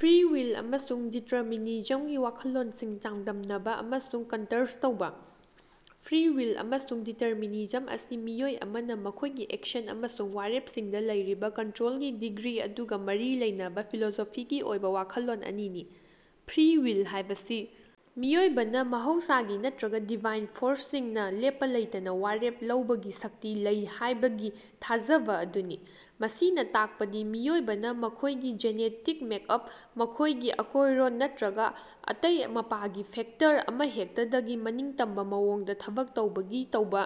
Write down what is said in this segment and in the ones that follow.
Free will ꯑꯃꯁꯨꯡ ꯗꯤꯇ꯭ꯔꯃꯤꯅꯤꯖꯝꯒꯤ ꯋꯥꯈꯜꯂꯣꯟꯁꯤꯡ ꯆꯥꯡꯗꯝꯅꯕ ꯑꯃꯁꯨꯡ ꯀꯟꯇꯔꯁ꯭ꯠ ꯇꯧꯕ꯫ ꯐ꯭ꯔꯤ ꯋꯤꯜ ꯑꯃꯁꯨꯡ ꯗꯤꯇꯔꯃꯤꯅꯤꯖꯝ ꯑꯁꯤ ꯃꯤꯑꯣꯏ ꯑꯃꯅ ꯃꯈꯣꯌꯒꯤ ꯑꯦꯛꯁꯟ ꯑꯃꯁꯨꯡ ꯋꯥꯔꯦꯞꯁꯤꯡꯗ ꯂꯩꯔꯤꯕ ꯀꯟꯇ꯭ꯔꯣꯜꯒꯤ ꯗꯤꯒ꯭ꯔꯤ ꯑꯗꯨꯒ ꯃꯔꯤ ꯂꯩꯅꯕ ꯐꯤꯂꯣꯁꯣꯐꯤꯒꯤ ꯑꯣꯏꯕ ꯋꯥꯈꯜꯂꯣꯟ ꯑꯅꯤꯅꯤ꯫ ꯐ꯭ꯔꯤ ꯋꯤꯜ ꯍꯥꯏꯕꯁꯤ ꯃꯤꯑꯣꯏꯕꯅ ꯃꯍꯧꯁꯥꯒꯤ ꯅꯠꯇꯔꯒ ꯗꯤꯚꯥꯏꯟ ꯐꯣꯔ꯭ꯁ ꯁꯤꯡꯅ ꯂꯦꯞꯄ ꯂꯩꯇꯅ ꯋꯥꯔꯦꯞ ꯂꯧꯕꯒꯤ ꯁꯛꯇꯤ ꯂꯩ ꯍꯥꯏꯕꯒꯤ ꯊꯥꯖꯕ ꯑꯗꯨꯅꯤ꯫ ꯃꯁꯤꯅ ꯇꯥꯛꯄꯗꯤ ꯃꯤꯑꯣꯏꯕꯅ ꯃꯈꯣꯏꯒꯤ ꯖꯦꯅꯦꯇꯤꯛ ꯃꯦꯛꯑꯞ, ꯃꯈꯣꯏꯒꯤ ꯑꯀꯣꯌ꯭ꯔꯣꯟ ꯅꯠꯇꯔꯒ ꯑꯇꯩ ꯃꯄꯥꯒꯤ ꯐꯦꯛꯇꯔ ꯑꯃꯍꯦꯛꯇꯗꯒꯤ ꯃꯅꯤꯡꯇꯝꯕ ꯃꯑꯣꯡꯗ ꯊꯕꯛ ꯇꯧꯕꯒꯤ ꯇꯧꯕ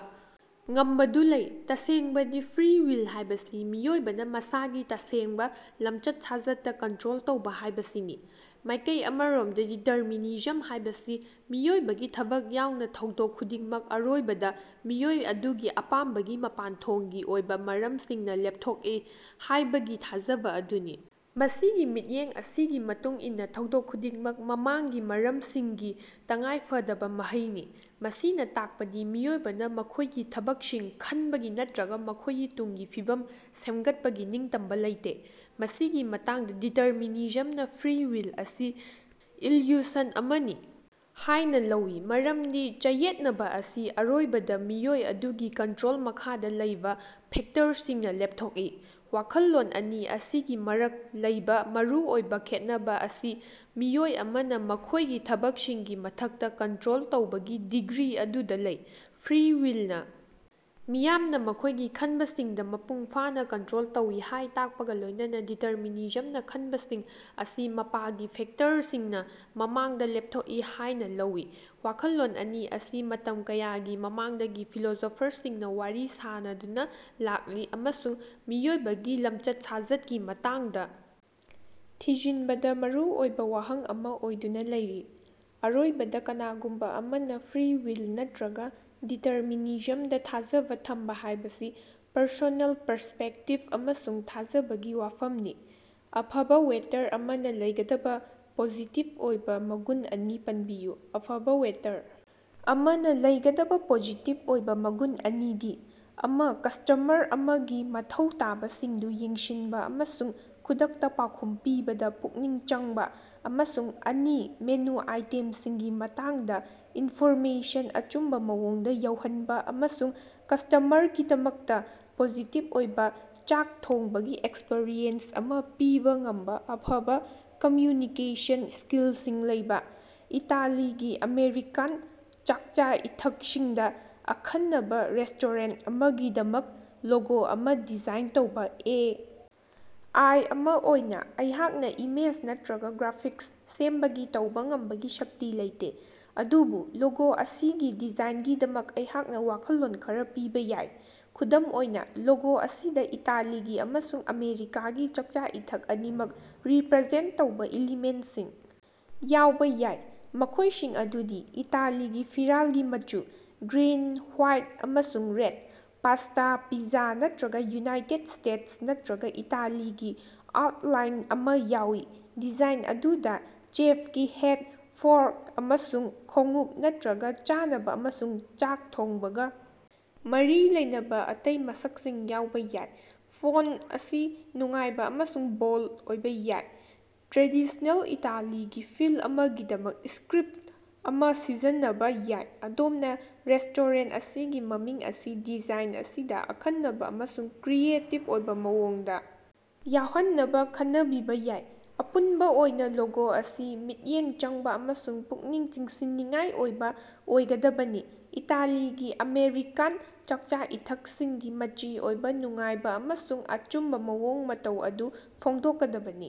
ꯉꯝꯕꯗꯨ ꯂꯩ꯫ ꯇꯥꯁꯦꯡꯕꯗꯤ ꯐ꯭ꯔꯤ ꯋꯤꯜ ꯍꯥꯏꯕꯁꯤ ꯃꯤꯑꯣꯏꯕꯅ ꯃꯁꯥꯒꯤ ꯇꯥꯁꯦꯡꯕ ꯂꯝꯆꯠ-ꯁꯥꯖꯠꯇ ꯀꯟꯇ꯭ꯔꯣꯜ ꯇꯧꯕ ꯍꯥꯏꯕꯁꯤꯅꯤ꯫ ꯃꯥꯏꯀꯩ ꯑꯃꯔꯣꯝꯗ ꯗꯤꯇꯔꯃꯤꯅꯤꯖꯝ ꯍꯥꯏꯕꯁꯤ ꯃꯤꯑꯣꯏꯕꯒꯤ ꯊꯕꯛ ꯌꯥꯎꯅ ꯊꯧꯗꯣꯛ ꯈꯨꯗꯤꯡꯃꯛ ꯑꯔꯣꯏꯕꯗ ꯃꯤꯑꯣꯏ ꯑꯗꯨꯒꯤ ꯑꯄꯥꯝꯕꯒꯤ ꯃꯄꯥꯟꯊꯣꯡꯒꯤ ꯑꯣꯏꯕ ꯃꯔꯝꯁꯤꯡꯅ ꯂꯦꯞꯊꯣꯛꯏ ꯍꯥꯌꯕꯒꯤ ꯊꯥꯖꯕ ꯑꯗꯨꯅꯤ꯫ ꯃꯁꯤꯒꯤ ꯃꯤꯠꯌꯦꯡ ꯑꯁꯤꯒꯤ ꯃꯇꯨꯡ ꯏꯟꯅꯥ ꯊꯧꯗꯣꯛ ꯈꯨꯗꯤꯡꯃꯛ ꯃꯃꯥꯡꯒꯤ ꯃꯔꯝꯁꯤꯡꯒꯤ ꯇꯉꯥꯏꯐꯗꯕ ꯃꯍꯩꯅꯤ, ꯃꯁꯤꯅ ꯇꯥꯛꯄꯗꯤ ꯃꯤꯑꯣꯏꯕꯅ ꯃꯈꯣꯏꯒꯤ ꯊꯕꯛꯁꯤꯡ ꯈꯟꯕꯒꯤ ꯅꯠꯇꯔꯒ ꯃꯈꯣꯏꯒꯤ ꯇꯨꯡꯒꯤ ꯐꯤꯕꯝ ꯁꯦꯝꯒꯠꯄꯒꯤ ꯅꯤꯡꯇꯝꯕ ꯂꯩꯇꯦ꯫ ꯃꯁꯤꯒꯤ ꯃꯇꯥꯡꯗ, ꯗꯤꯇꯔꯃꯤꯅꯤꯖꯝ ꯅ ꯐ꯭ꯔꯤ ꯋꯤꯜ ꯑꯁꯤ ꯏꯜꯌꯨꯁꯟ ꯑꯃꯅꯤ ꯍꯥꯏꯅ ꯂꯧꯏ, ꯃꯔꯝꯗꯤ ꯆꯌꯦꯠꯅꯕ ꯑꯁꯤ ꯑꯔꯣꯏꯕꯗ ꯃꯤꯑꯣꯏ ꯑꯗꯨꯒꯤ ꯀꯇ꯭ꯔꯣꯜ ꯃꯈꯥꯗ ꯂꯩꯕ ꯐꯦꯛꯇꯔꯁꯤꯡꯅ ꯂꯦꯞꯊꯣꯛꯏ꯫ ꯋꯥꯈꯜꯂꯣꯟ ꯑꯅꯤ ꯑꯁꯤꯒꯤ ꯃꯔꯛ ꯂꯩꯕ ꯃꯔꯨꯑꯣꯏꯕ ꯈꯦꯠꯅꯕ ꯑꯁꯤ ꯃꯤꯑꯣꯏ ꯑꯃꯅ ꯃꯈꯣꯏꯒꯤ ꯊꯕꯛꯁꯤꯡꯒꯤ ꯃꯊꯛꯇ ꯀꯟꯇ꯭ꯔꯣꯜ ꯇꯧꯕꯒꯤ ꯗꯤꯒ꯭ꯔꯤ ꯑꯗꯨꯗ ꯂꯩ꯫ ꯐ꯭ꯔꯤ ꯋꯤꯜꯅ ꯃꯤꯌꯥꯝꯅ ꯃꯈꯣꯏꯒꯤ ꯈꯟꯕꯁꯤꯡꯗ ꯃꯄꯨꯡ ꯐꯥꯅ ꯀꯟꯇ꯭ꯔꯣꯜ ꯇꯧꯏ ꯍꯥꯏ ꯇꯥꯛꯄꯒ ꯂꯣꯏꯅꯅ ꯗꯤꯇꯔꯃꯤꯅꯤꯖꯝꯅ ꯈꯟꯕꯁꯤꯡ ꯑꯁꯤ ꯃꯄꯥꯒꯤ ꯐꯦꯛꯇꯔꯁꯤꯡꯅ ꯃꯃꯥꯡꯗ ꯂꯦꯞꯊꯣꯛꯏ ꯍꯥꯏꯅ ꯂꯧꯏ꯫ ꯋꯥꯈꯜꯂꯣꯟ ꯑꯅꯤ ꯑꯁꯤ ꯃꯇꯝ ꯀꯌꯥꯒꯤ ꯃꯃꯥꯡꯗꯒꯤ ꯐꯤꯂꯣꯁꯣꯐꯔꯁꯤꯡꯅ ꯋꯥꯔꯤ ꯁꯥꯅꯗꯨꯅ ꯂꯥꯛꯂꯤ ꯑꯃꯁꯨꯡ ꯃꯤꯑꯣꯏꯕꯒꯤ ꯂꯝꯆꯠ-ꯁꯥꯖꯠꯀꯤ ꯃꯇꯥꯡꯗ ꯊꯤꯖꯤꯟꯕꯗ ꯃꯔꯨ ꯑꯣꯏꯕ ꯋꯥꯍꯪ ꯑꯃ ꯑꯣꯏꯗꯨꯅ ꯂꯩꯔꯤ꯫ ꯑꯔꯣꯏꯕꯗ, ꯀꯅꯥꯒꯨꯝꯕ ꯑꯃꯅ ꯐ꯭ꯔꯤ ꯋꯤꯜ ꯅꯠꯇꯔꯒ ꯗꯤꯇꯔꯃꯤꯅꯤꯖꯝꯗ ꯊꯥꯖꯕ ꯊꯝꯕ ꯍꯥꯏꯕꯁꯤ ꯄ꯭ꯔꯁꯣꯅꯦꯜ ꯄꯔꯁ꯭ꯄꯦꯛꯇꯤꯕ ꯑꯃꯁꯨꯡ ꯊꯥꯖꯕꯒꯤ ꯋꯥꯐꯝꯅꯤ꯫ ꯑꯐꯕ ꯋꯦꯇꯔ ꯑꯃꯅ ꯂꯩꯒꯗꯕ ꯄꯣꯖꯤꯇꯤꯚ ꯑꯣꯏꯕ ꯃꯒꯨꯟ ꯑꯅꯤ ꯄꯟꯕꯤꯌꯨ꯫ ꯑꯐꯕ ꯋꯦꯇꯔ ꯑꯃꯅ ꯂꯩꯒꯗꯕ ꯄꯣꯖꯤꯇꯤꯚ ꯑꯣꯏꯕ ꯃꯒꯨꯟ ꯑꯅꯤꯗꯤ ꯑꯃꯀꯁꯇꯃꯔ ꯑꯃꯒꯤ ꯃꯊꯧ ꯇꯥꯕꯁꯤꯡꯗꯨ ꯌꯦꯡꯁꯤꯟꯕ ꯑꯃꯁꯨꯡ ꯈꯨꯗꯛꯇ ꯄꯥꯎꯈꯨꯝ ꯄꯤꯕꯗ ꯄꯨꯛꯅꯤꯡ ꯆꯪꯕ, ꯑꯃꯁꯨꯡ ꯑꯅꯤ ꯃꯦꯅꯨ ꯑꯥꯏꯇꯦꯝꯁꯤꯡꯒꯤ ꯃꯇꯥꯡꯗ ꯏꯟꯐꯣꯔꯃꯦꯁꯟ ꯑꯆꯨꯝꯕ ꯃꯑꯣꯡꯗ ꯌꯧꯍꯟꯕ ꯑꯃꯁꯨꯡ ꯀꯁꯇꯥꯃꯔꯒꯤꯗꯃꯛꯇ ꯄꯣꯖꯤꯇꯤꯚ ꯑꯣꯏꯕ ꯆꯥꯛ ꯊꯣꯡꯕꯒꯤ ꯑꯦꯛꯁꯄ꯭ꯔꯤꯌꯦꯟꯁ ꯑꯃ ꯄꯤꯕ ꯉꯝꯕ ꯑꯐꯕ ꯀꯝꯃ꯭ꯌꯨꯅꯤꯀꯦꯁꯟ ꯁ꯭ꯀꯤꯜꯁꯤꯡ ꯂꯩꯕ꯫ ꯏꯇꯥꯂꯤꯒꯤ-ꯑꯃꯦꯔꯤꯀꯥꯟ ꯆꯥꯛꯆꯥ-ꯏꯊꯛꯁꯤꯡꯗ ꯑꯈꯟꯅꯕ ꯔꯦꯁ꯭ꯇꯣꯔꯦꯟꯇ ꯑꯃꯒꯤꯗꯃꯛ ꯂꯣꯒꯣ ꯑꯃ ꯗꯤꯖꯥꯏꯟ ꯇꯧꯕ꯫ ꯑꯦ. ꯑꯥꯏ. ꯑꯃ ꯑꯣꯏꯅ ꯑꯩꯍꯥꯛꯅ ꯏꯃꯦꯖ ꯅꯠꯇꯔꯒ ꯒ꯭ꯔꯥꯐꯤꯛꯁ ꯁꯦꯝꯕꯒꯤ ꯇꯧꯕ ꯉꯝꯕꯒꯤ ꯁꯛꯇꯤ ꯂꯩꯇꯦ꯫ ꯑꯗꯨꯕꯨ ꯂꯣꯒꯣ ꯑꯁꯤꯒꯤ ꯗꯤꯖꯥꯏꯟꯒꯤꯗꯃꯛ ꯑꯩꯍꯥꯛꯅ ꯋꯥꯈꯜꯂꯣꯟ ꯈꯔ ꯄꯤꯕ ꯌꯥꯏ꯫ ꯈꯨꯗꯝ ꯑꯣꯏꯅ, ꯂꯣꯒꯣ ꯑꯁꯤꯗ ꯏꯇꯥꯂꯤꯒꯤ ꯑꯃꯁꯨꯡ ꯑꯥꯃꯦꯔꯤꯀꯥꯒꯤ ꯆꯥꯛꯆꯥ-ꯏꯊꯛ ꯑꯅꯤꯃꯛ ꯔꯤꯄꯔꯖꯦꯟꯠ ꯇꯧꯕ ꯏꯂꯤꯃꯦꯟꯠꯁꯤꯡ ꯌꯥꯎꯕ ꯌꯥꯏ, ꯃꯈꯣꯏꯁꯤꯡ ꯑꯗꯨꯗꯤ ꯏꯇꯥꯂꯤꯒꯤ ꯐꯤꯔꯥꯜꯒꯤ ꯃꯆꯨ (ꯒ꯭ꯔꯤꯟ, ꯍꯋ꯭ꯥꯏꯠ, ꯑꯃꯁꯨꯡ ꯔꯦꯗ), ꯄꯥꯁ꯭ꯇꯥ, ꯄꯤꯖꯥ ꯅꯠꯇꯔꯒ ꯌꯨꯅꯥꯏꯇꯦꯗ ꯁ꯭ꯇꯦꯠꯁ ꯅꯠꯇꯔꯒ ꯏꯇꯥꯂꯤꯒꯤ ꯑꯥꯎꯠꯂꯥꯏꯟ ꯑꯃꯥ ꯌꯥꯎꯏ꯫ ꯗꯤꯖꯥꯏꯟ ꯑꯗꯨꯗ ꯆꯦꯐꯀꯤ ꯍꯦꯠ, ꯐꯣꯔꯛ ꯑꯃꯁꯨꯡ ꯈꯣꯡꯎꯞ, ꯅꯠꯇꯔꯒ ꯆꯥꯅꯕ ꯑꯃꯁꯨꯡ ꯆꯥꯛ ꯊꯣꯡꯕꯒ ꯃꯔꯤ ꯂꯩꯅꯕ ꯑꯇꯩ ꯃꯁꯛꯁꯤꯡ ꯌꯥꯎꯕ ꯌꯥꯏ꯫ ꯐꯣꯟꯇ ꯑꯁꯤ ꯅꯨꯡꯉꯥꯏꯕ ꯑꯃꯁꯨꯡ ꯕꯣꯜꯗ ꯑꯣꯏꯕ ꯌꯥꯏ, ꯇ꯭ꯔꯦꯗꯤꯁ꯭ꯅꯦꯜ ꯏꯇꯥꯂꯤꯒꯤ ꯐꯤꯜ ꯑꯃꯒꯤꯗꯃꯛ ꯁ꯭ꯀꯔꯤꯞꯇ ꯑꯃ ꯁꯤꯖꯤꯟꯅꯕ ꯌꯥꯏ꯫ ꯑꯗꯣꯝꯅ ꯔꯦꯁ꯭ꯇꯣꯔꯦꯟꯇ ꯑꯁꯤꯒꯤ ꯃꯃꯤꯡ ꯑꯁꯤ ꯗꯤꯖꯥꯏꯟ ꯑꯁꯤꯗ ꯑꯈꯟꯅꯕ ꯑꯃꯁꯨꯡ ꯀ꯭ꯔꯤꯌꯦꯇꯤꯕ ꯑꯣꯏꯕ ꯃꯑꯣꯡꯗ ꯌꯥꯎꯍꯟꯅꯕ ꯈꯟꯅꯕꯤꯕ ꯌꯥꯏ꯫ ꯑꯄꯨꯟꯕ ꯑꯣꯏꯅ ꯂꯣꯒꯣ ꯑꯁꯤ ꯃꯤꯠꯌꯦꯡ ꯆꯪꯕ ꯑꯃꯁꯨꯡ ꯄꯨꯛꯅꯤꯡ ꯆꯤꯡꯁꯤꯟꯅꯤꯡꯉꯥꯏ ꯑꯣꯏꯕ ꯑꯣꯏꯒꯗꯕꯅꯤ, ꯏꯇꯥꯂꯤꯒꯤ-ꯑꯥꯃꯦꯔꯤꯀꯥꯟ ꯆꯥꯛꯆꯥ-ꯏꯊꯛꯁꯤꯡꯒꯤ ꯃꯆꯤ ꯑꯣꯏꯕ, ꯅꯨꯡꯉꯥꯏꯕ ꯑꯃꯁꯨꯡ ꯑꯆꯨꯝꯕ ꯃꯑꯣꯡ ꯃꯇꯧ ꯑꯗꯨ ꯐꯣꯡꯗꯣꯛꯀꯗꯕꯅꯤ꯫